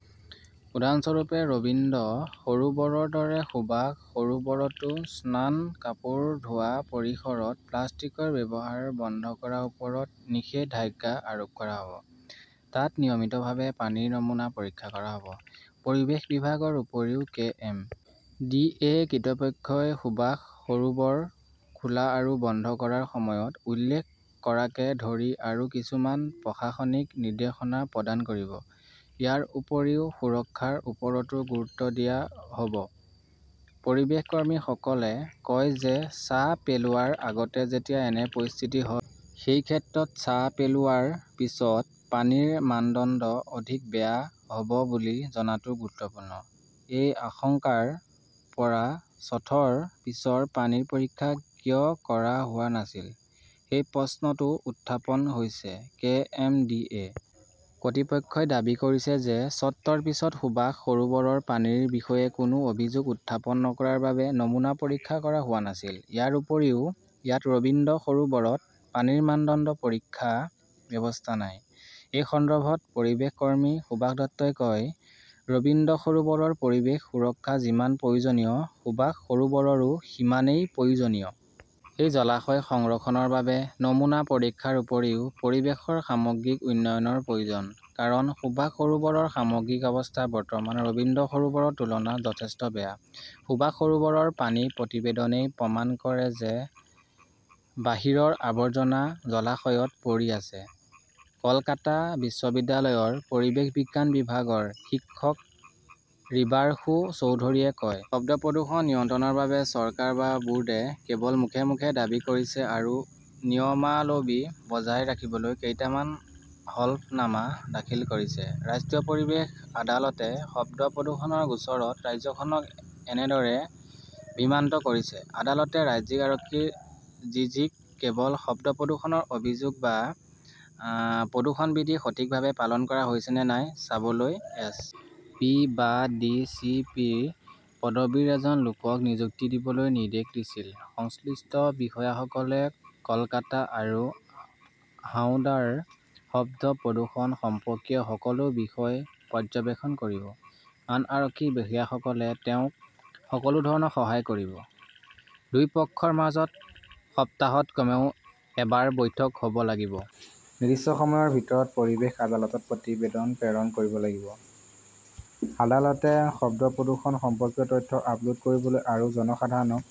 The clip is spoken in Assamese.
উদাহৰণস্বৰূপে, ৰবীন্দ্ৰ সৰোবৰৰ দৰে সুভাষ সৰোবৰতো স্নান, কাপোৰ ধোৱা, পৰিসৰত প্লাষ্টিকৰ ব্যৱহাৰ বন্ধ কৰাৰ ওপৰত নিষেধাজ্ঞা আৰোপ কৰা হ 'ব। তাত নিয়মিতভাৱে পানীৰ নমুনা পৰীক্ষা কৰা হ "ব। পৰিৱেশ বিভাগৰ উপৰিও, কে. এম. ডি. এ. কৰ্তৃপক্ষই সুভাষ সৰোবৰ খোলা আৰু বন্ধ কৰাৰ সময়ত উল্লেখ কৰাকে ধৰি আৰু কিছুমান প্ৰশাসনিক নিৰ্দেশনা প্ৰদান কৰিব। ইয়াৰ উপৰিও সুৰক্ষাৰ ওপৰতো গুৰুত্ব দিয়া হ "ব। পৰিৱেশ কৰ্মীসকলে কয় যে ছাঁ পেলোৱাৰ আগতে যেতিয়া এনে পৰিস্থিতি হয়। সেই ক্ষেত্ৰত ছাঁ পেলোৱাৰ পিছত পানীৰ মানদণ্ড অধিক বেয়া হ "ব বুলি জনাটো গুৰুত্বপূৰ্ণ। এই আশংকাৰ পৰা ছথৰ পিছৰ পানীৰ পৰীক্ষা কিয় কৰা হোৱা নাছিল? সেই প্ৰশ্নটোও উত্থাপন হৈছে। কে. এম. ডি. এ. কৰ্তৃপক্ষই দাবী কৰিছে যে শ্বটৰ পিছত সুভাষ সৰোবৰৰ পানীৰ বিষয়ে কোনো অভিযোগ উত্থাপন নকৰাৰ বাবে নমুনা পৰীক্ষা কৰা হোৱা নাছিল। ইয়াৰ উপৰিও ইয়াত ৰবীন্দ্ৰ সৰোবৰত পানীৰ মানদণ্ড পৰীক্ষাৰ ব্যৱস্থা নাই। এই সন্দৰ্ভত পৰিৱেশ কৰ্মী সুভাষ দত্তই কয়, "ৰবীন্দ্ৰ সৰোবৰৰ পৰিৱেশ সুৰক্ষা যিমান প্ৰয়োজনীয়, সুভাষ সৰোবৰৰো সিমানেই প্ৰয়োজনীয়। এই জলাশয় সংৰক্ষণৰ বাবে নমুনা পৰীক্ষাৰ উপৰিও পৰিৱেশৰ সামগ্ৰিক উন্নয়নৰ প্ৰয়োজন। কাৰণ, সুভাষ সৰোবৰৰ সামগ্ৰিক অৱস্থা বৰ্তমান ৰবীন্দ্ৰ সৰোবৰৰ তুলনাত যথেষ্ট বেয়া। "সুভাষ সৰোবৰৰ পানীৰ প্ৰতিবেদনই প্ৰমাণ কৰে যে বাহিৰৰ আৱৰ্জনা জলাশয়ত পৰি আছে", কলকাতা বিশ্ববিদ্যালয়ৰ পৰিৱেশ বিজ্ঞান বিভাগৰ শিক্ষক ৰিবাৰসু চৌধুৰীয়ে কয়। শব্দ প্ৰদূষণ নিয়ন্ত্ৰণৰ বাবে চৰকাৰ বা বোৰ্ডে কেৱল মুখে মুখে দাবী কৰিছে আৰু নিয়মাৱলী বজাই ৰাখিবলৈ কেইটামান হলফনামা দাখিল কৰিছে। ৰাষ্ট্ৰীয় পৰিৱেশ আদালতে শব্দ প্ৰদূষণৰ গোচৰত ৰাজ্যখনক এনেদৰে বিভ্ৰান্ত কৰিছে। আদালতে ৰাজ্যিক আৰক্ষীৰ ডিজি-ক কেৱল শব্দ প্ৰদূষণৰ অভিযোগ বা প্ৰদূষণ বিধি সঠিকভাৱে পালন কৰা হৈছে নে নাই চাবলৈ এছ. পি. বা ডি. চি. পি. পদবীৰ এজন লোকক নিযুক্তি দিবলৈ নিৰ্দেশ দিছিল। সংশ্লিষ্ট বিষয়াসকলে কলকাতা আৰু হাওড়াৰ শব্দ প্ৰদূষণ সম্পৰ্কীয় সকলো বিষয় পৰ্যবেক্ষণ কৰিব। আন আৰক্ষী বিষয়াসকলে তেওঁক সকলো ধৰণে সহায় কৰিব। দুয়োপক্ষৰ মাজত সপ্তাহত কমেও এবাৰ বৈঠক হ "ব লাগিব। নিৰ্দিষ্ট সময়ৰ ভিতৰত পৰিৱেশ আদালতত প্ৰতিবেদন প্ৰেৰণ কৰিব লাগিব। আদালতে শব্দ প্ৰদূষণ সম্পৰ্কীয় তথ্য আপলোড কৰিবলৈ আৰু জনসাধাৰণক